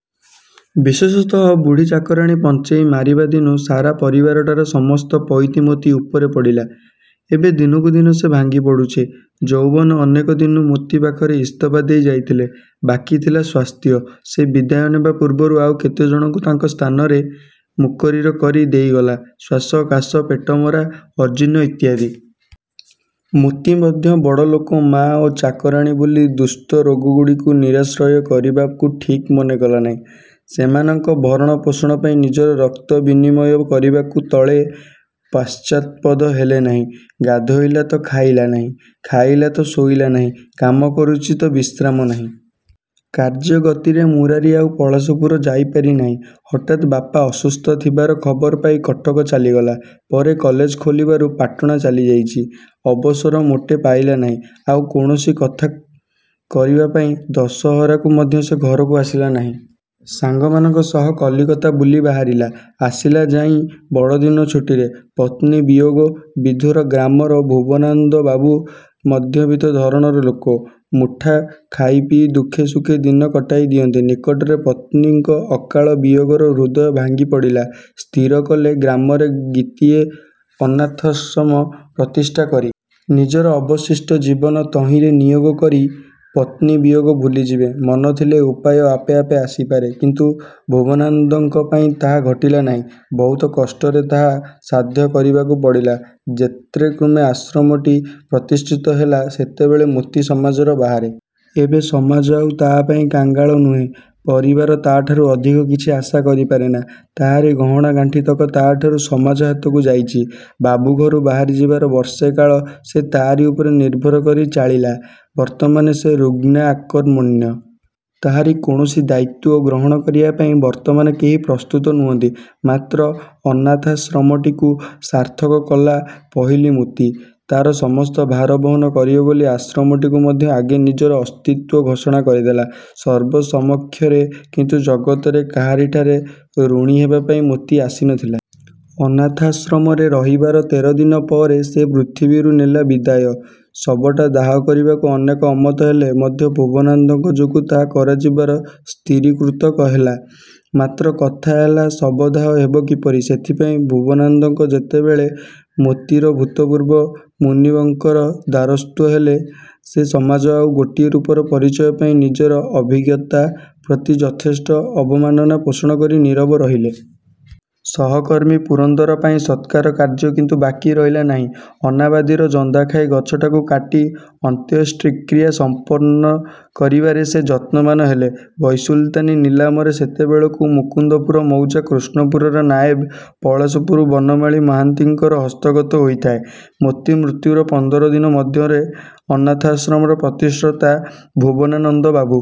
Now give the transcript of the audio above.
ବିଶେଷତଃ ବୁଢ଼ୀ ଚାକରାଣୀ ପଞ୍ଚେଇ ମାରିବାଦିନୁ ସାରା ପରିବାରଟାର ସମସ୍ତ ପଇତି ମୋତି ଉପରେ ପଡ଼ିଲା। ଏବେ ଦିନକୁଦିନ ସେ ଭାଙ୍ଗିପଡ଼ୁଛି। ଯୌବନ ଅନେକ ଦିନୁ ମୋତି ପାଖରେ ଇସ୍ତଫା ଦେଇ ଯାଇଥିଲେ, ବାକୀ ଥିଲା ସ୍ଵାସ୍ଥ୍ୟ, ସେ ବିଦାୟ ନେବା ପୂର୍ବରୁ ଆଉ କେତେଜଣଙ୍କୁ ତା ସ୍ଥାନରେ ମୁକରିର କରି ଦେଇଗଲା–ଶ୍ଵାସ କାଶ, ପେଟମରା, ଅଜୀର୍ଣ୍ଣ ଇତ୍ୟାଦି-। ମୋତି ମଧ୍ୟ ବଡ଼ଲୋକ ମା ଓ ଚକରାଣୀ ବୋଲି ଦୁଃସ୍ଥ ରୋଗଗୁଡ଼ିକୁ ନିରାଶ୍ରୟ କରିବାକୁ ଠିକ୍ ମନେ କଲା ନାହିଁ। ସେମାନଙ୍କ ଭରଣ ପୋଷଣ ପାଇଁ ନିଜର ରକ୍ତ ବିନିମୟ କରିବାକୁ ତିଳେ ପାଶ୍ଚାତ୍ପଦ ହେଲେ ନାହିଁ। ଗାଧୋଇଲା ତ ଖାଇଲା ନାହିଁ, ଖାଇଲା ତ ଶୋଇଲା ନାହିଁ–କାମ କରୁଛି ତ ବିଶ୍ରାମ ନାହିଁ। କାର୍ଯ୍ୟଗତିରେ ମୁରାରି ଆଉ ପଳାଶପୁର ଯାଇ ପାରିନାହିଁ। ହଠାତ୍ ବାପା ଅସୁସ୍ଥ ଥିବାର ଖବର ପାଇ କଟକ ଚାଲିଗଲା। ପରେ କଲେଜ ଖୋଲିବାରୁ ପାଟନା ଚାଲିଯାଇଛି। ଅବସର ମୋଟେ ପାଇଲା ନାହିଁ, ଆଉ କୌଣସି କଥା କରିବା ପାଇଁ। ଦଶହରାକୁ ମଧ୍ୟ ସେ ଘରକୁ ଆସିଲା ନାହିଁ। ସାଙ୍ଗମାନଙ୍କ ସହ କଲିକତା ବୁଲି ବାହାରିଲା। ଆସିଲା ଯାଇଁ ବଡ଼ଦିନ ଛୁଟିରେ। ପତ୍ନୀ ବିୟୋଗ ବିଧୂର ଗ୍ରାମର ଭୂବନାନନ୍ଦ ବାବୁ ମଧ୍ୟବିତ ଧରଣର ଲୋକ। ମୁଠା ଖାଇପିଇ ଦୁଖେ ସୁଖେ ଦିନ କଟେଇ ଦିଅନ୍ତି। ନିକଟରେ ପତ୍ନୀଙ୍କ ଅକାଳ ବିୟୋଗରେ ହୃଦୟ ଭାଙ୍ଗିପଡ଼ିଲା। ସ୍ଥିର କଲେ ଗ୍ରାମରେ ଗୀତିଏ ଅନାଥାଶ୍ରମ ପ୍ରତିଷ୍ଠା କରି,। ନିଜର ଅବଶିଷ୍ଟ ଜୀବନ ତହିଁରେ ନିୟୋଗ କରି ପତ୍ନୀବିୟୋଗ ଭୁଲିଯିବେ। ମନ ଥିଲେ ଉପାୟ ଆପେ ଆପେ ଆସିପାରେ, କିନ୍ତୁ ଭୁବନାନନ୍ଦଙ୍କ ପାଇଁ ତାହା ଘଟିଲା ନାହିଁ। ବହୁତ କଷ୍ଟରେ ତାହା ସାଧ୍ୟ କରିବାକୁ ପଡ଼ିଲା। ଯତ୍ରେକୁତ୍ରେ ଆଶ୍ରମଟି ପ୍ରତିଷ୍ଠିତ ହେଲା। ସେତେବେଳେ ମୋତି ସମାଜର ବାହାରେ। ଏବେ ସମାଜ ଆଉ ତା ପାଇଁ କଙ୍ଗାଳ ନୁହେଁ। ପରିବାର ତାଠାରୁ ଅଧିକ କିଛି ଆଶା କରିପାରେନା। ତାହାରି ଗହଣାଗାଣ୍ଠିତକ ତା'ଠାରୁ ସମାଜ ହାତକୁ ଯାଇଛି। ବାବୁଘରୁ ବାହାରି ଯିବାର ବର୍ଷେ କାଳ ସେ ତାରି ଉପରେ ନିର୍ଭର କରି ଚାଳିଲା। ବର୍ତ୍ତମାନ ସେ ରୁଗ୍ଣା–ଅକର୍ମଣ୍ୟା। ତାହାରି କୌଣସି ଦାୟିତ୍ଵ ଗ୍ରହଣ କରିବା ପାଇଁ ବର୍ତ୍ତମାନ କେହି ପ୍ରସ୍ତୁତ ନୁହନ୍ତି। ମାତ୍ର ଅନାଥାଶ୍ରମଟିକୁ ସାର୍ଥକ କଲା ପହିଲୁ ମୋତି। ତା'ର ସମସ୍ତ ଭାର ବହନ କରିବ ବୋଲି ଆଶ୍ରମଟି ମଧ୍ୟ ଆଗେ ନିଜର ଅସ୍ତିତ୍ଵ ଘୋଷଣା କରିଦେଲା ସର୍ବ ସମକ୍ଷରେ। କିନ୍ତୁ ଜଗତରେ କାହାରିଠାରେ ଋଣୀ ହେବାପାଇଁ ମୋତି ଆସି ନଥିଲା। ଅନାଥାଶ୍ରମରେ ରହିବାର ତେର ଦିନ ପରେ ସେ ପୃଥିବୀରୁ ନେଲା ବିଦାୟ। ଶବଟା ଦାହ କରିବାକୁ ଅନେକ ଅମତ ହେଲେ ମଧ୍ୟ ଭୂବନାନନ୍ଦଙ୍କ ଯୋଗୁ ତାହା କରାଯିବାର ସ୍ଥିରୀକୃତ ହେଲା। ମାତ୍ର କଥା ହେଲା ଶବଦାହ ହେବ କିପରି। ସେଥିପାଇଁ ଭୂବନାନନ୍ଦ ଯେତେବେଳେ ମୋତିର ଭୂତପୂର୍ବ ମୁନିବଙ୍କର ଦ୍ଵାରସ୍ଥ ହେଲେ, ସେ ସମାଜର ଆଉ ଗୋଟିଏ ରୂପର ପରିଚୟ ପାଇ, ନିଜର ଅଭିଜ୍ଞତା ପ୍ରତି ଯଥେଷ୍ଟ ଅବମାନନା ପୋଷଣ କରି ନୀରବ ରହିଲେ। ସହକର୍ମୀ ପୁରନ୍ଦର ପାଇଁ ସତ୍କାର କାର୍ଯ୍ୟ କିନ୍ତୁ ବାକୀ ରହିଲା ନାହିଁ। ଅନାବାଦୀର ଜନ୍ଦାଖାଇ ଗଛଟାକୁ କାଟି ଅନ୍ତ୍ୟେଷ୍ଟିକ୍ରିୟା ସଂପନ୍ନ କରିବାରେ ସେ ଯତ୍ନବାନ୍ ହେଲେ। ବୈସୁଲତାନି ନିଲାମରେ ସେତେବେଳକୁ ମୁକୁନ୍ଦପୁର ମୌଜା–କୃଷ୍ଣପୁରର ନାଏବ, ପଳାଶପୁର ବନମାଳି ମହାନ୍ତିଙ୍କର ହସ୍ତଗତ ହୋଇଥାଏ। ମୋତି ମୃତ୍ୟୁର ପନ୍ଦର ଦିନ ମଧ୍ୟରେ ଅନାଥାଶ୍ରମର ପ୍ରତିଷ୍ଠାତା ଭୁବନାନନ୍ଦ ବାବୁ